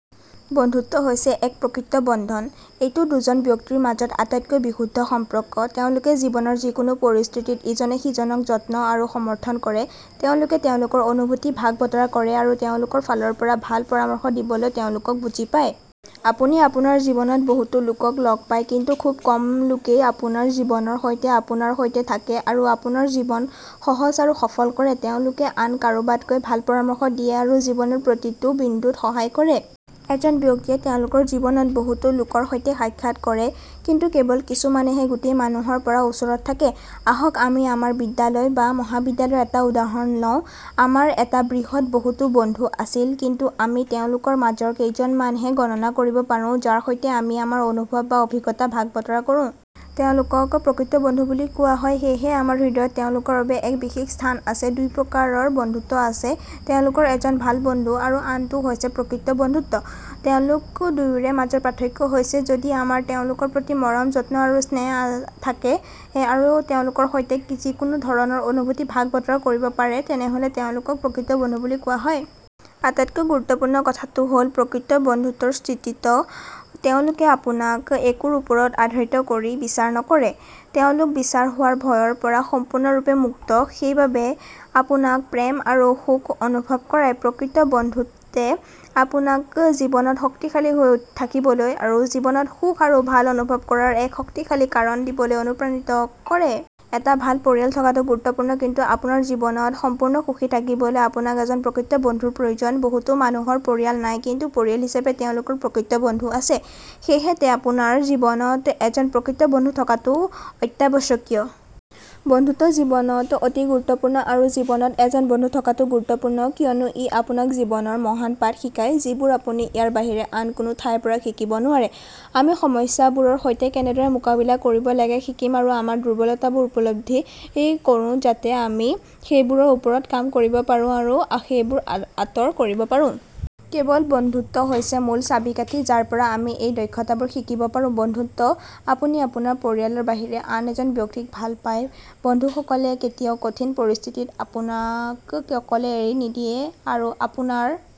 বন্ধুত্ব হৈছে এক প্ৰকৃত বন্ধন। এইটো দুজন ব্যক্তিৰ মাজত আটাইতকৈ বিশুদ্ধ সম্পৰ্ক। তেওঁলোকে জীৱনৰ যিকোনো পৰিস্থিতিত ইজনে সিজনক যত্ন আৰু সমৰ্থন কৰে। তেওঁলোকে তেওঁলোকৰ অনুভূতি ভাগ বতৰা কৰে আৰু তেওঁলোকৰ ফালৰ পৰা ভাল পৰামৰ্শ দিবলৈ তেওঁলোকক বুজি পায়। আপুনি আপোনাৰ জীৱনত বহুতো লোকক লগ পায় কিন্তু খুব কম লোকেই আপোনাৰ জীৱনৰ সৈতে আপোনাৰ সৈতে থাকে আৰু আপোনাৰ জীৱন সহজ আৰু সফল কৰে। তেওঁলোকে আন কাৰোবাতকৈ ভাল পৰামৰ্শ দিয়ে আৰু জীৱনৰ প্ৰতিটো বিন্দুত সহায় কৰে। এজন ব্যক্তিয়ে তেওঁলোকৰ জীৱনত বহুতো লোকৰ সৈতে সাক্ষাৎ কৰে কিন্তু কেৱল কিছুমানহে গোটেই মানুহৰ পৰা ওচৰত থাকে। আহক আমি আমাৰ বিদ্যালয় বা মহাবিদ্যালয়ৰ এটা উদাহৰণ লওঁ, আমাৰ এটা বৃত্তত বহুতো বন্ধু আছিল কিন্তু আমি তেওঁলোকৰ মাজৰ কেইজনমানহে গণনা কৰিব পাৰোঁ যাৰ সৈতে আমি আমাৰ অনুভৱ বা অভিজ্ঞতা ভাগ বতৰা কৰোঁ। তেওঁলোকক প্ৰকৃত বন্ধু বুলি কোৱা হয় সেয়েহে আমাৰ হৃদয়ত তেওঁলোকৰ বাবে এক বিশেষ স্থান আছে। দুই প্ৰকাৰৰ বন্ধুত্ব আছে; তেওঁলোকৰ এজন ভাল বন্ধু আৰু আনটো হৈছে প্ৰকৃত বন্ধুত্ব। তেওঁলোক দুয়োৰে মাজৰ পাৰ্থক্য হৈছে যদি আমাৰ তেওঁলোকৰ প্ৰতি মৰম, যত্ন আৰু স্নেহ থাকে আৰু তেওঁলোকৰ সৈতে যিকোনো ধৰণৰ অনুভূতি ভাগ বতৰা কৰিব পাৰে তেনেহ'লে তেওঁলোকক প্ৰকৃত বন্ধু বুলি কোৱা হয়। আটাইতকৈ গুৰুত্বপূৰ্ণ কথাটো হ'ল, প্ৰকৃত বন্ধুত্বৰ স্থিতিত, তেওঁলোকে আপোনাক একোৰ ওপৰত আধাৰিত কৰি বিচাৰ নকৰে। তেওঁলোক বিচাৰ হোৱাৰ ভয়ৰ পৰা সম্পূৰ্ণৰূপে মুক্ত। সেইবোৰে আপোনাক প্ৰেম আৰু সুখ অনুভৱ কৰায়। প্ৰকৃত বন্ধুত্বে আপোনাক জীৱনত শক্তিশালী হৈ থাকিবলৈ আৰু জীৱনত সুখী আৰু ভাল অনুভৱ কৰাৰ এক শক্তিশালী কাৰণ দিবলৈ অনুপ্ৰাণিত কৰে। এটা ভাল পৰিয়াল থকাটো গুৰুত্বপূৰ্ণ কিন্তু আপোনাৰ জীৱনত সম্পূৰ্ণ সুখী থাকিবলৈ আপোনাক এজন প্ৰকৃত বন্ধুৰ প্ৰয়োজন। বহুতো মানুহৰ পৰিয়াল নাই কিন্তু পৰিয়াল হিচাপে তেওঁলোকৰ প্ৰকৃত বন্ধু আছে। সেয়েহে, আপোনাৰ জীৱনত এজন প্ৰকৃত বন্ধু থকাটো অত্যাৱশ্যকীয়। বন্ধুত্ব জীৱনত অতি গুৰুত্বপূৰ্ণ আৰু জীৱনত এজন বন্ধু থকাটো গুৰুত্বপূৰ্ণ কিয়নো ই আপোনাক জীৱনৰ মহান পাঠ শিকায় যিবোৰ আপুনি ইয়াৰ বাহিৰে আন কোনো ঠাইৰ পৰা শিকিব নোৱাৰে। আমি সমস্যাবোৰৰ সৈতে কেনেদৰে মোকাবিলা কৰিব লাগে শিকিম আৰু আমাৰ দুৰ্বলতাবোৰ উপলব্ধি কৰোঁ যাতে আমি সেইবোৰৰ ওপৰত কাম কৰিব পাৰোঁ আৰু সেইবোৰ আঁতৰ কৰিব পাৰো। কেৱল বন্ধুত্বহৈছে মূল চাবিকাঠি যাৰ পৰা আমি এই দক্ষতাবোৰ শিকিব পাৰোঁ। বন্ধুত্বত, আপুনি আপোনাৰ পৰিয়ালৰ বাহিৰে আন এজন ব্যক্তিক ভাল পায়। বন্ধুসকলে কেতিয়াও কঠিন পৰিস্থিতিত আপোনাক অকলে এৰি নিদিয়ে আৰু আপোনাৰ